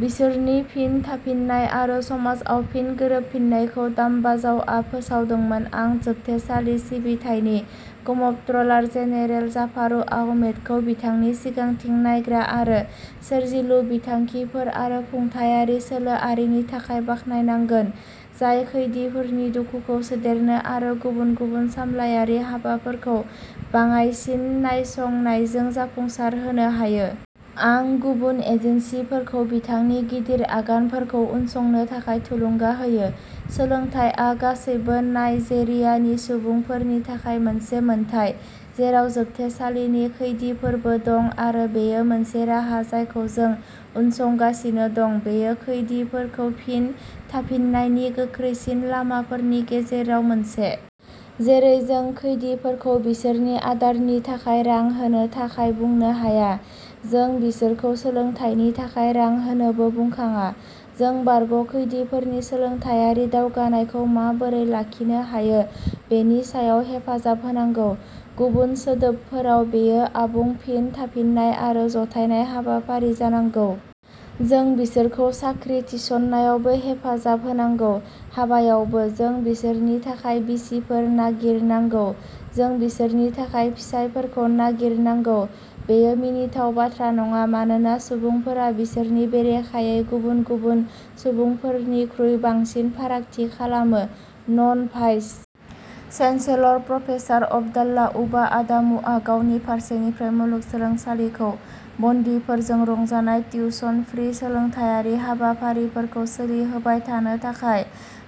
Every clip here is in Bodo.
बिसोरनि फिन थाफिन्नाय आरो समाजआव फिन गोरोबफिन्नायखौ दाम्बाजाउआ फोसावदोंमोन आं जोबथेसालि सिबिथायनि कमप्ट्रोलार जेनेरेल जाफारु आहमेदखौ बिथांनि सिगांथिं नायग्रा आरो सोरजिलु बिथांखिफोर आरो खुंथायारि सोलोआरिनि थाखाय बाख्नायनांगोन, जाय खैदिफोरनि दुखुखौ सोदेरनो आरो गुबुन गुबुन सामलायारि हाबाफोरखौ बाङायसिन नायसंनायजों जाफुंसारहोनो हायो। आं गुबुन एजेन्सिफोरखौ बिथांनि गिदिर आगानफोरखौ उनसंनो थाखाय थुलुंगा होयो। सोलोंथायआ गासैबो नाइजेरियानि सुबुंफोरनि थाखाय मोनसे मोनथाय, जेराव जोबथेसालिनि खैदिफोरबो दं आरो बेयो मोनसे राहा जायखौ जों उनसंगासिनो दं। बेयो खैदिफोरखौ फिन थाफिननायनि गोख्रैसिन लामाफोरनि गेजेराव मोनसे। जेरै जों खैदिफोरखौ बिसोरनि आदारनि थाखाय रां होनो थाखाय बुंनो हाया, जों बिसोरखौ सोलोंथाइनि थाखाय रां होनोबो बुंखाङा। जों बारग' खैदिफोरनि सोलोंथायारि दावगानायखौ माबोरै लाखिनो हायो बेनि सायाव हेफाजाब होनांगौ। गुबुन सोदोबफोराव, बेयो आबुं फिन थाफिननाय आरो जथायनाय हाबाफारि जानांगौ। जों बिसोरखौ साख्रि थिसननायावबो हेफाजाब होनांगौ। हाबायावबो, जों बिसोरनि थाखाय बिसिफोर नागिरनांगौ, जों बिसोरनि थाखाय फिसायफोरखौ नागिरनांगौ। बेयो मिनिथाव बाथ्रा नङा मानोना सुबुंफोरा बिसोरनि बेरेखायै गुबुन गुबुन सुबुंफोरनिख्रुइ बांसिन फारागथि खालामो। न'न भाइस चेन्सेलर, प्रफेसार अब्दाल्ला उबा आदामुआ गावनि फारसेनिफ्राय मुलुगसोलोंसालिखौ बन्दिफोरजों रंजानाय टिउशन-फ्री सोलोंथायारि हाबाफारिफोरखौ सोलिहोबाय थानो थाखाय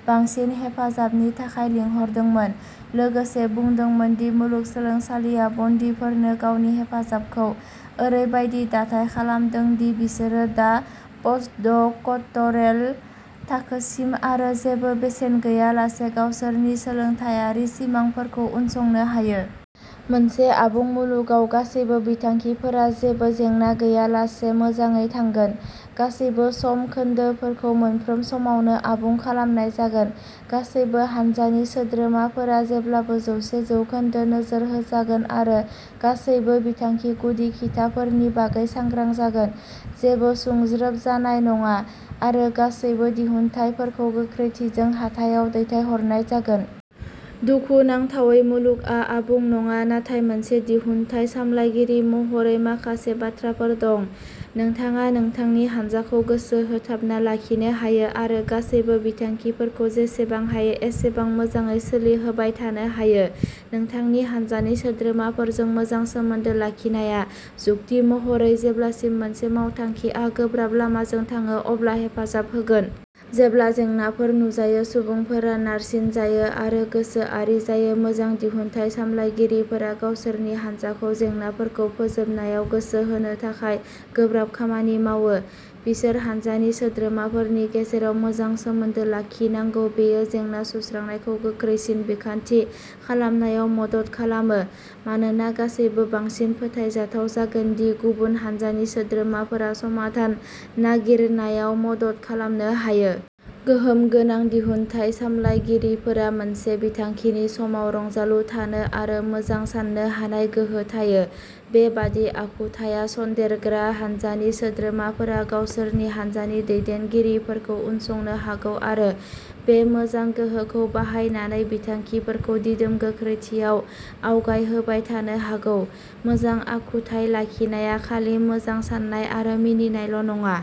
बांसिन हेफाजाबनि थाखाय लिंहरदोंमोन, लोगोसे बुंदोंमोन दि मुलुगसोलोंसालिया बन्दिफोरनो गावनि हेफाजाबखौ ओरैबायदि दाथाय खालामदों दि बिसोरो दा पस्टड'क'टरेल थाखोसिम आरो जेबो बेसेन गैयालासे गावसोरनि सोलोंथायारि सिमांफोरखौ उनसंनो हायो। मोनसे आबुं मुलुगाव, गासैबो बिथांखिफोरा जेबो जेंना गैयालासे मोजाङै थांगोन। गासैबो समखोन्दोफोरखौ मोनफ्रोम समावनो आबुं खालामनाय जागोन। गासैबो हानजानि सोद्रोमाफोरा जेब्लाबो जौसे जौखोन्दो नोजोर होजागोन आरो गासैबो बिथांखि गुदि-खिथाफोरनि बागै सांग्रां जागोन। जेबो सुंज्रोब जानाय नङा, आरो गासैबो दिहुनथायफोरखौ गोख्रैथिजों हाथायाव दैथायहरनाय जागोन। दुखुनांथावै, मुलुगआ आबुं नङा। नाथाय मोनसे दिहुनथाय सामलायगिरि महरै, माखासे बाथ्राफोर दं। नोंथाङा नोंथांनि हान्जाखौ गोसो होथाबना लाखिनो हायो आरो गासैबो बिथांखिफोरखौ जेसेबां हायो एसेबां मोजाङै सोलिहोबाय थानो हायो। नोंथांनि हान्जानि सोद्रोमाफोरजों मोजां सोमोन्दो लाखिनाया, जुक्ति महरै, जेब्ला मोनसे मावथांखिआ गोब्राब लामाजों थाङो अब्ला हेफाजाब होगोन। जेब्ला जेंनाफोर नुजायो, सुबुंफोरा नारसिनजायो आरो गोसोआरि जायो; मोजां दिहुनथाय सामलायगिरिफोरा गावसोरनि हान्जाखौ जेंनाफोरखौ फोजोबनायाव गोसो होनो थाखाय गोब्राब खामानि मावो। बिसोर हानजानि सोद्रोमाफोरनि गेजेराव मोजां सोमोन्दो लाखिनांगौ-बेयो जेंना-सुस्रांनायखौ गोख्रैसिन बिखान्थि खालामनायाव मदद खालामो, मानोना गासैबो बांसिन फोथायजाथाव जागोन दि गुबुन हान्जानि सोद्रोमाफोरा समाधान नागिरनायाव मदद खालामनो हायो। गोहोम गोनां दिहुनथाय सामलायगिरिफोरा मोनसे बिथांखिनि समाव रंजालु थानो आरो मोजां साननो हानाय गोहो थायो। बेबादि आखुथाया सनदेरग्रा हानजानि सोद्रोमाफोरा गावसोरनि हानजानि दैदेनगिरिफोरखौ उनसंनो हागौ आरो बे मोजां गोहोखौ बाहायनानै बिथांखिफोरखौ दिदोम गोख्रैथियाव आवगायहोबाय थानो हागौ। मोजां आखुथाय लाखिनाया खालि मोजां साननाय आरो मिनिनायल' नङा।